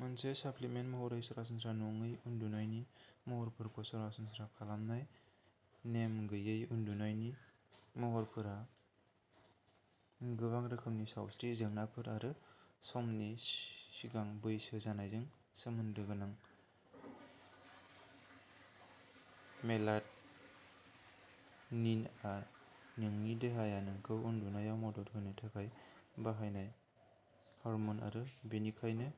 मोनसे साप्लिमेन्ट महरै सरासनस्रा नङै उन्दुनायनि महरफोरखौ सरासनस्रा खालामनाय। नेम गैयै उन्दुनायनि महरफोरा गोबां रोखोमनि सावस्रि जेंनाफोर आरो समनि सिगां बैसो जानायजों सोमोन्दो गोनां। मेलाटनिनआ नोंनि देहाया नोंखौ उन्दुनायाव मदद होनो थाखाय बाहायनाय हर्मन आरो बेनिखायनो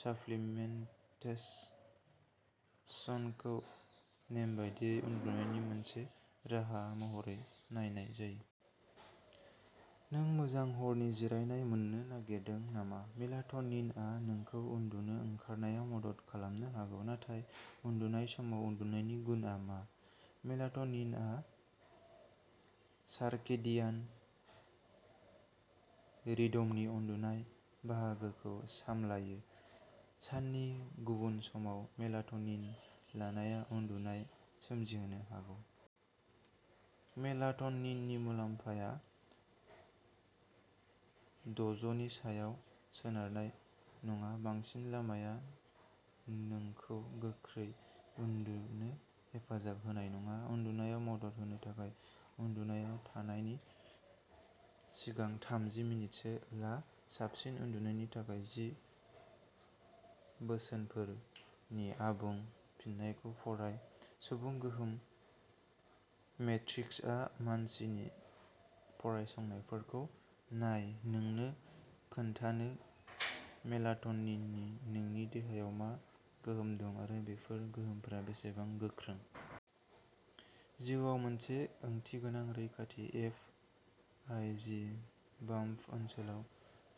साप्लिमेन्टेसनखौ नेमबादि उन्दुनायनि मोनसे राहा महरै नायनाय जायो। नों मोजां हरनि जिरायनाय मोन्नो नागिरदों नामा? मेलाटनिनआ नोंखौ उन्दुनो ओंखारनायाव मदद खालामनो हागौ, नाथाय उन्दुनाय समाव उन्दुनायनि गुनआ मा? मेलाटनिनआ सार्केडियान रिदमनि उन्दुनाय बाहागोखौ सामलायो। साननि गुबुन समाव मेलाटनिन लानाया उनदुनाय सोमजिहोनो हागौ। मेलाट'निननि मुलाम्फाया द'जनि सायाव सोनारनाय नङा-बांसिन लानाया नोंखौ गोख्रै उन्दुनो हेफाजाब होनाय नङा। उन्दुनायाव मदद होनो थाखाय, उन्दुनायाव थांनायनि सिगां थामजि मिनिटसो ला। साबसिन उन्दुनायनि थाखाय जि बोसोनफोर नि आबुं फिननायखौ फराय सुबुं गोहोम मेट्रिक्सआ मानसिनि फरायसंनायफोरखौ नाय नोंनो खोन्थानो मेलाट'निननि नोंनि देहायाव मा गोहोम दं आरो बेफोर गोहोमफोरा बेसेबां गोख्रों। जिउआव मोनसे ओंथिगोनां रैखाथि एफ आइ जि बाम्प ओनसोलाव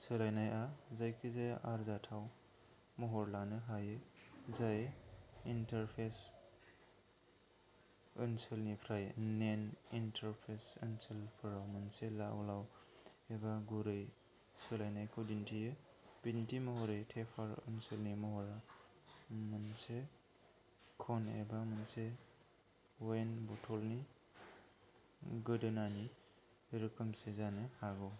सोलायनायआ जायखिजाया आरजाथाव महर लानो हायो जाय इन्टारफेस ओनसोलनिफ्राय नेन इन्टारफेस ओनसोलफोराव मोनसे लाव लाव एबा गुरै सोलायनायखौ दिन्थियो। बिदिन्थि महरै, टेपार ओनसोलनि महरा मोनसे कन एबा मोनसे वाइन बथलनि गोदोनानि रोखोमसे जानो हागौ।